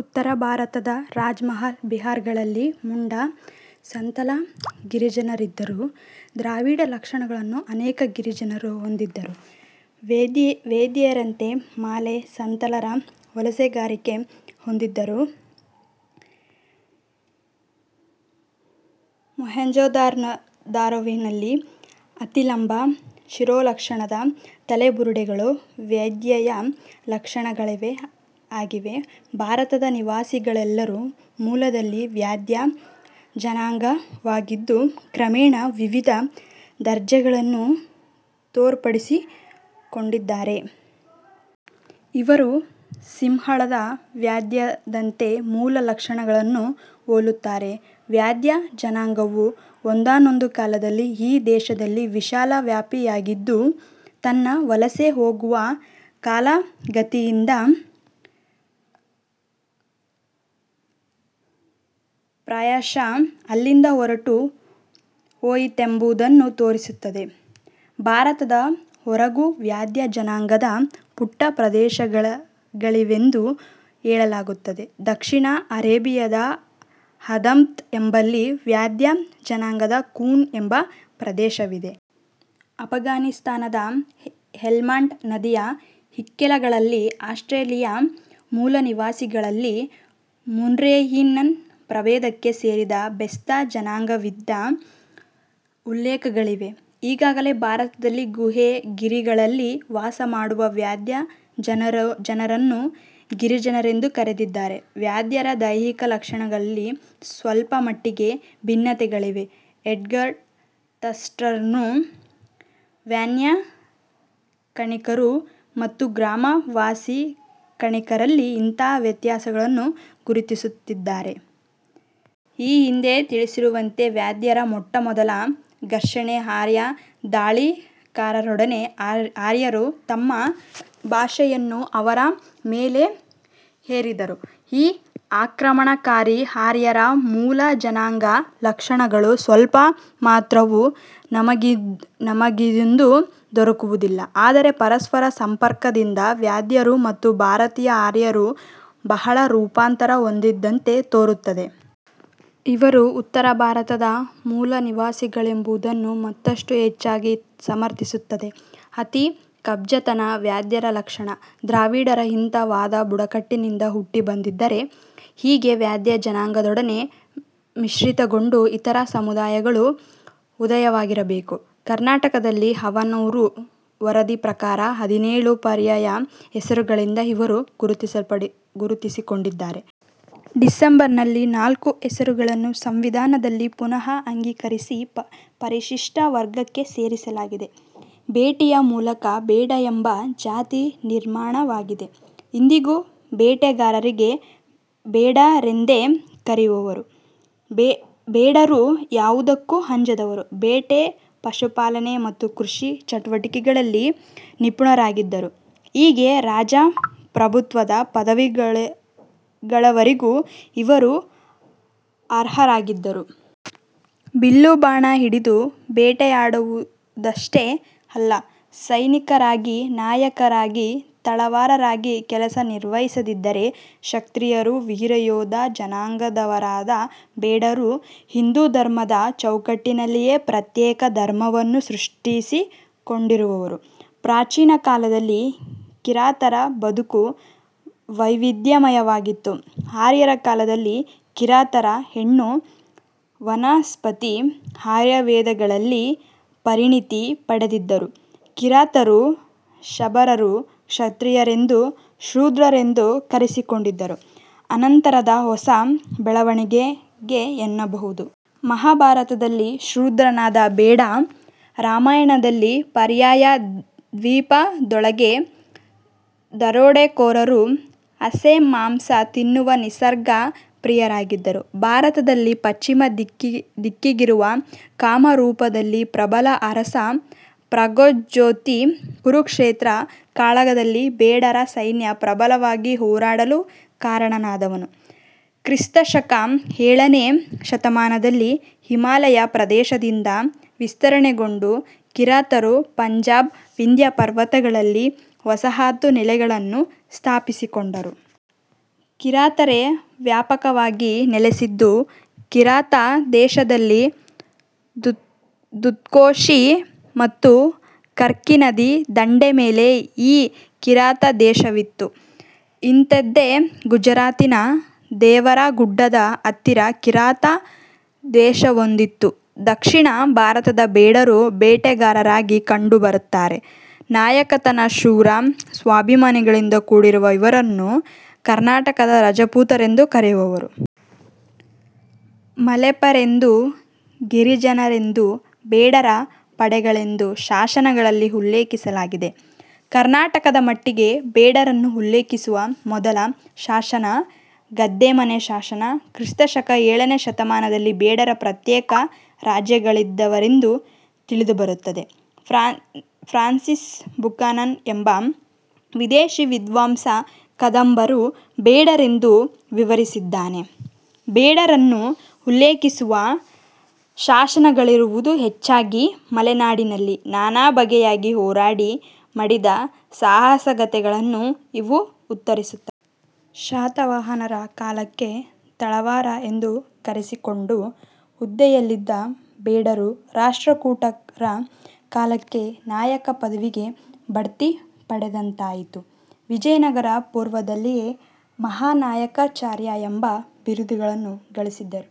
ಉತ್ತರ ಭಾರತದ ರಾಜಮಹಲ್, ಬಿಹಾರಗಳಲ್ಲಿ ಮುಂಡಾ, ಸಂತಾಲ ಗಿರಿಜನರಿದ್ದರು. ದ್ರಾವಿಡ ಲಕ್ಷಣಗಳನ್ನು ಅನೇಕ ಗಿರಿಜನರು ಹೊಂದಿದ್ದರು. ವ್ಯಾಧೀಯರಂತೆ ಮಾಲೆ, ಸಂತಾಲರ ವಲಸೆಗಾರಿಕೆ ಹೊಂದಿದ್ದರು. ಮೊಹೆಂಜೋದಾರೊವಿನಲ್ಲಿ ಅತಿಲಂಬ ಶಿರೋಲಕ್ಷಣದ ತಲೆಬುರುಡೆಗಳು ವ್ಯಾಧಿಯ ಲಕ್ಷಣಗಳೇ ಆಗಿವೆ. ಭಾರತದ ನಿವಾಸಿಗಳೆಲ್ಲರೂ ಮೂಲದಲ್ಲಿ ವ್ಯಾಧ ಜನಾಂಗವಾಗಿದ್ದು, ಕ್ರಮೇಣ ವಿವಿಧ ದರ್ಜೆಗಳನ್ನು ತೋರ್ಪಡಿಸಿಕೊಂಡಿದ್ದಾರೆ. ಇವರು ಸಿಂಹಳದ ವ್ಯಾಧದಂತೆ ಮೂಲ ಲಕ್ಷಣಗಳನ್ನು ಹೋಲುತ್ತಾರೆ. ವ್ಯಾಧ ಜನಾಂಗವು ಒಂದಾನೊಂದು ಕಾಲದಲ್ಲಿ ಈ ದೇಶದಲ್ಲಿ ವಿಶಾಲ ವ್ಯಾಪಿಯಾಗಿದ್ದು ತನ್ನ ವಲಸೆ ಹೋಗುವ ಕಾಲಗತಿಯಿಂದ ಪ್ರಾಯಶಃ ಅಲ್ಲಿಂದ ಹೊರಟು ಹೋಯಿತೆಂಬುದನ್ನು ತೋರಿಸುತ್ತದೆ. ಭಾರತದ ಹೊರಗೂ ವ್ಯಾದ ಜನಾಂಗದ ಪುಟ್ಟ ಪ್ರದೇಶಗಳಿವೆಂದು ಹೇಳಲಾಗುತ್ತದೆ. ದಕ್ಷಿಣ ಅರೇಬಿಯಾದ ಹಧ್ಮತ್ ಎಂಬಲ್ಲಿ ವಾದ್ಯ ಜನಾಂಗದ 'ಕೂನ್' ಎಂಬ ಪ್ರದೇಶವಿದೆ. ಆಫ್ಘಾನಿಸ್ತಾನದ ಹೆಲ್ಮಾಂಡ್ ನದಿಯ ಇಕ್ಕೆಲಗಳಲ್ಲಿ, ಆಸ್ಟ್ರೇಲಿಯಾ ಮೂಲನಿವಾಸಿಗಳಲ್ಲಿ ಮುರ್ರೇಯಿಯನ್ ಪ್ರಭೇದಕ್ಕೆ ಸೇರಿದ ಬೆಸ್ತ ಜನಾಂಗವಿದ್ದ ಉಲ್ಲೇಖಗಳಿವೆ ಈಗಾಗಲೇ ಭಾರತದಲ್ಲಿ 'ಗುಹೆ, ಗಿರಿಗಳಲ್ಲಿ ವಾಸ ಮಾಡುವ ವ್ಯಾಧ ಜನರನ್ನು ಗಿರಿಜನರೆಂದು ಕರೆದಿದ್ದಾರೆ. ವ್ಯಾಧರ ದೈಹಿಕ ಲಕ್ಷಣಗಳಲ್ಲಿ ಸ್ವಲ್ಪಮಟ್ಟಿಗೆ ಭಿನ್ನತೆಗಳಿವೆ. ಎಡ್ಗರ್ ಥರ್ಸ್ಟನ್ರು ವನ್ಯಕಣಿಕರು ಮತ್ತು ಗ್ರಾಮ ವಾಸೀ ಕಣಿಕರಲ್ಲಿ ಇಂಥಾ ವ್ಯತ್ಯಾಸವನ್ನು ಗುರುತಿಸುತ್ತಿದ್ದಾರೆ. ಈ ಹಿಂದೆ ತಿಳಿಸಿರುವಂತೆ ವ್ಯಾಧರ ಮೊಟ್ಟಮೊದಲ ಘರ್ಷಣೆ ಆರ್ಯ ಧಾಳಿಕಾರರೊಡನೆ. ಆರ್ಯರು ತಮ್ಮ ಭಾಷೆಯನ್ನು ಅವರ ಮೇಲೆ ಹೇರಿದರು. ಈ ಆಕ್ರಮಣಕಾರೀ ಆರ್ಯರ ಮೂಲ ಜನಾಂಗ ಲಕ್ಷಣಗಳು ಸ್ವಲ್ಪ ಮಾತ್ರವೂ ನಮಗಿಂದು ದೊರಕುವುದಿಲ್ಲ. ಆದರೆ ಪರಸ್ಪರ ಸಂಪರ್ಕದಿಂದ ವ್ಯಾಧರು ಮತ್ತು ಭಾರತೀಯ ಆರ್ಯರು ಬಹಳ ರೂಪಾಂತರ ಹೊಂದಿದಂತೆ ತೋರುತ್ತದೆ. ಇವರು ಉತ್ತರ ಭಾರತದ ಮೂಲನಿವಾಸಿಗಳೆಂಬುದನ್ನು ಮತ್ತಷ್ಟು ಹೆಚ್ಚಾಗಿ ಸಮರ್ಥಿಸುತ್ತದೆ. ಅತೀ ಕುಬ್ಜತನ ವ್ಯಾಧರ ಲಕ್ಷಣ. ದ್ರಾವಿಡರ ಇಂಥಾ ವಾಧ ಬುಡಕಟ್ಟಿನಿಂದ ಹುಟ್ಟಿ ಬಂದಿದ್ದಾರೆ. ಹೀಗೆ ವ್ಯಾಧ ಜನಾಂಗದೊಡನೆ ಮಿಶ್ರಿತಗೊಂಡು ಇತರ ಸಮುದಾಯಗಳು ಉದಯವಾಗಿರಬೇಕು. ಕರ್ನಾಟಕದಲ್ಲಿ ಹಾವನೂರು ವರದಿ ಪ್ರಕಾರ ಹದಿನೇಳು ಪರ್ಯಾಯ ಹೆಸರುಗಳಿಂದ ಇವರು ಗುರುತಿಸಿಕೊಂಡಿದ್ದಾರೆ. ಡಿಸೆಂಬರ್ನಲ್ಲಿ ನಾಲ್ಕು ಹೆಸರುಗಳನ್ನು ಸಂವಿಧಾನದಲ್ಲಿ ಪುನಃ ಅಂಗೀಕರಿಸಿ ಪರಿಶಿಷ್ಟ ವರ್ಗಕ್ಕೆ ಸೇರಿಸಲಾಗಿದೆ. ಬೇಟೆಯ ಮೂಲಕ ಬೇಡ ಎಂಬ ಜಾತಿ ನಿರ್ಮಾಣವಾಗಿದೆ. ಇಂದಿಗೂ ಬೇಟೆಗಾರರಿಗೆ ಬೇಡರೆಂದೇ ಕರೆಯುವರು. ಬೇಡರು ಯಾವುದಕ್ಕೂ ಅಂಜದವರು. ಬೇಟೆ, ಪಶುಪಾಲನೆ ಮತ್ತು ಕೃಷಿ ಚಟುವಟಿಕೆಗಳಲ್ಲಿ ನಿಪುಣರಾಗಿದ್ದರು. ಹೀಗೆ ರಾಜಪ್ರಭುತ್ವದ ಪದವಿಗಳವರೆಗೂ ಇವರು ಅರ್ಹರಾಗಿದ್ದರು. ಬಿಲ್ಲುಬಾಣ ಹಿಡಿದು ಬೇಟೆಯಾಡುವುದಷ್ಟೇ ಅಲ್ಲ. ಸೈನಿಕರಾಗಿ, ನಾಯಕರಾಗಿ, ತಳವಾರರಾಗಿ ಕೆಲಸ ನಿರ್ವಹಿಸಿದ್ದಾರೆ. ಕ್ಷತ್ರಿಯರು, ವೀರಯೋಧ ಜನಾಂಗದವರಾದ ಬೇಡರು ಹಿಂದೂಧರ್ಮದ ಚೌಕಟ್ಟಿನಲ್ಲಿಯೇ ಪ್ರತ್ಯೇಕ ಧರ್ಮವನ್ನು ಸೃಷ್ಟಿಸಿಕೊಂಡಿರುವರು. ಪ್ರಾಚೀನ ಕಾಲದಲ್ಲಿ ಕಿರಾತರ ಬದುಕು ವೈವಿಧ್ಯಮಯವಾಗಿತ್ತು. ಆರ್ಯರ ಕಾಲದಲ್ಲಿ ಕಿರಾತರ ಹೆಣ್ಣು, ವನಸ್ಪತಿ, ಆಯುರ್ವೇದಗಳಲ್ಲಿ ಪರಿಣಿತಿ ಪಡೆದಿದ್ದರು. ಕಿರಾತರು, ಶಬರರು ಕ್ಷತ್ರಿಯರೆಂದು, ಶೂದ್ರರೆಂದು ಕರೆಸಿಕೊಂಡಿದ್ದು, ಅನಂತರದ ಹೊಸ ಬೆಳವಣಿಗೆಗೆ ಎನ್ನಬಹುದು. ಮಹಾಭಾರತದಲ್ಲಿ ಶೂದ್ರನಾದ ಬೇಡ, ರಾಮಾಯಣದಲ್ಲಿ, ಪರ್ಯಾಯ ದ್ವೀಪದೊಳಗೆ ದರೋಡೆಕೋರರು, ಹಸೆಮಾಂಸ ತಿನ್ನುವ ನಿಸರ್ಗ ಪ್ರಿಯರಾಗಿದ್ದರು. ಭಾರತದಲ್ಲಿ ಪಶ್ಚಿಮ ದಿಕ್ಕಿಗಿರುವ ಕಾಮರೂಪದಲ್ಲಿ ಪ್ರಬಲ ಅರಸ 'ಪ್ರಗ್ಜೊತಿ' ಕುರುಕ್ಷೇತ್ರ ಕಾಳಗದಲ್ಲಿ ಬೇಡರ ಸೈನ್ಯ ಪ್ರಬಲವಾಗಿ ಹೋರಾಡಲು ಕಾರಣನಾದನು. ಕ್ರಿಸ್ತ ಶಕ ಎಳನೆ ಶತಮಾನದಲ್ಲಿ ಹಿಮಾಲಯ ಪ್ರದೇಶದಿಂದ ವಿಸ್ತರಣೆಗೊಂಡು ಕಿರಾತರು, ಪಂಜಾಬ್, ವಿಂದ್ಯಾಪರ್ವತಗಳಲ್ಲಿ ವಸಾಹತು ನೆಲೆಗಳನ್ನು ಸ್ಥಾಪಿಸಿಕೊಂಡರು. ಕಿರಾತರೇ ವ್ಯಾಪಕವಾಗಿ ನೆಲೆಸಿದ್ದು ಕಿರಾತ ದೇಶದಲ್ಲಿ ದುದ್ಕೋಶಿ ಮತ್ತು ಕರ್ಕಿನದಿ ದಂಡೆ ಮೇಲೆ ಈ ಕಿರಾತ ದೇಶವಿತ್ತು. ಇಂಥದ್ದೇ ಗುಜರಾತಿನ ದೇವರಗುಡ್ಡದ ಹತ್ತಿರ ಕಿರಾತ ದೇಶವೊಂದಿತ್ತು. ದಕ್ಷಿಣ ಭಾರತದ ಬೇಡರು ಬೇಟೆಗಾರರಾಗಿ ಕಂಡು ಬರುತ್ತಾರೆ. ನಾಯಕತನ ಶೂರ, ಸ್ವಾಭಿಮಾನಗಳಿಂದ ಕೂಡಿರುವ ಇವರನ್ನು ಕರ್ನಾಟಕದ ರಜಪೂತರೆಂದು ಕರೆಯುವರು. ಮಲೆಪರೆಂದು, ಗಿರಿಜನರೆಂದು, ಬೇಡರ ಪಡೆಗಳೆಂದು ಶಾಸನಗಳಲ್ಲಿ ಉಲ್ಲೇಖಿಸಲಾಗಿದೆ. ಕರ್ನಾಟಕದ ಮಟ್ಟಿಗೆ ಬೇಡರನ್ನು ಉಲ್ಲೇಖಿಸುವ ಮೊದಲ ಶಾಸನ ಗದ್ದೆಮನೆ ಶಾಸನ. ಕ್ರಿಸ್ತ ಶಕ ಎಳನೆ ಶತಮಾನದಲ್ಲಿ ಬೇಡರ ಪ್ರತ್ಯೇಕ ರಾಜ್ಯಗಳಿದ್ದವೆಂದು ತಿಳಿದುಬರುತ್ತದೆ. ಫ್ರಾನ್ಸಿಸ್ ಬುಕಾನನ್ ಎಂಬ ವಿದೇಶಿ ವಿದ್ವಾಂಸ ಕದಂಬರು ಬೇಡರೆಂದು ವಿವರಿಸಿದ್ದಾನೆ. ಬೇಡರನ್ನು ಉಲ್ಲೇಖಿಸುವ ಶಾಸನಗಳಿರುವುದು ಹೆಚ್ಚಾಗಿ ಮಲೆನಾಡಿನಲ್ಲಿ, ನಾನಾ ಬಗೆಯಾಗಿ ಹೋರಾಡಿ, ಮಡಿದ ಸಾಹಸಗಾಥೆಗಳನ್ನು ಇವು ಉತ್ತರಿಸುತ್ತವೆ. ಶಾತವಾಹನರ ಕಾಲಕ್ಕೆ ತಳವಾರ ಎಂದು ಕರೆಸಿಕೊಂಡು ಹುದ್ದೆಯಲ್ಲಿದ್ದ ಬೇಡರು, ರಾಷ್ಟ್ರಕೂಟರ ಕಾಲಕ್ಕೆ 'ನಾಯಕ' ಪದವಿಗೆ ಬಡ್ತಿ ಪಡೆದಂತಾಯಿತು. ವಿಜಯನಗರ ಪೂರ್ವದಲ್ಲಿಯೇ ಮಹಾನಾಯಕಚಾರ್ಯ ಎಂಬ ಬಿರುದುಗಳನ್ನು ಗಳಿಸಿದ್ದರು.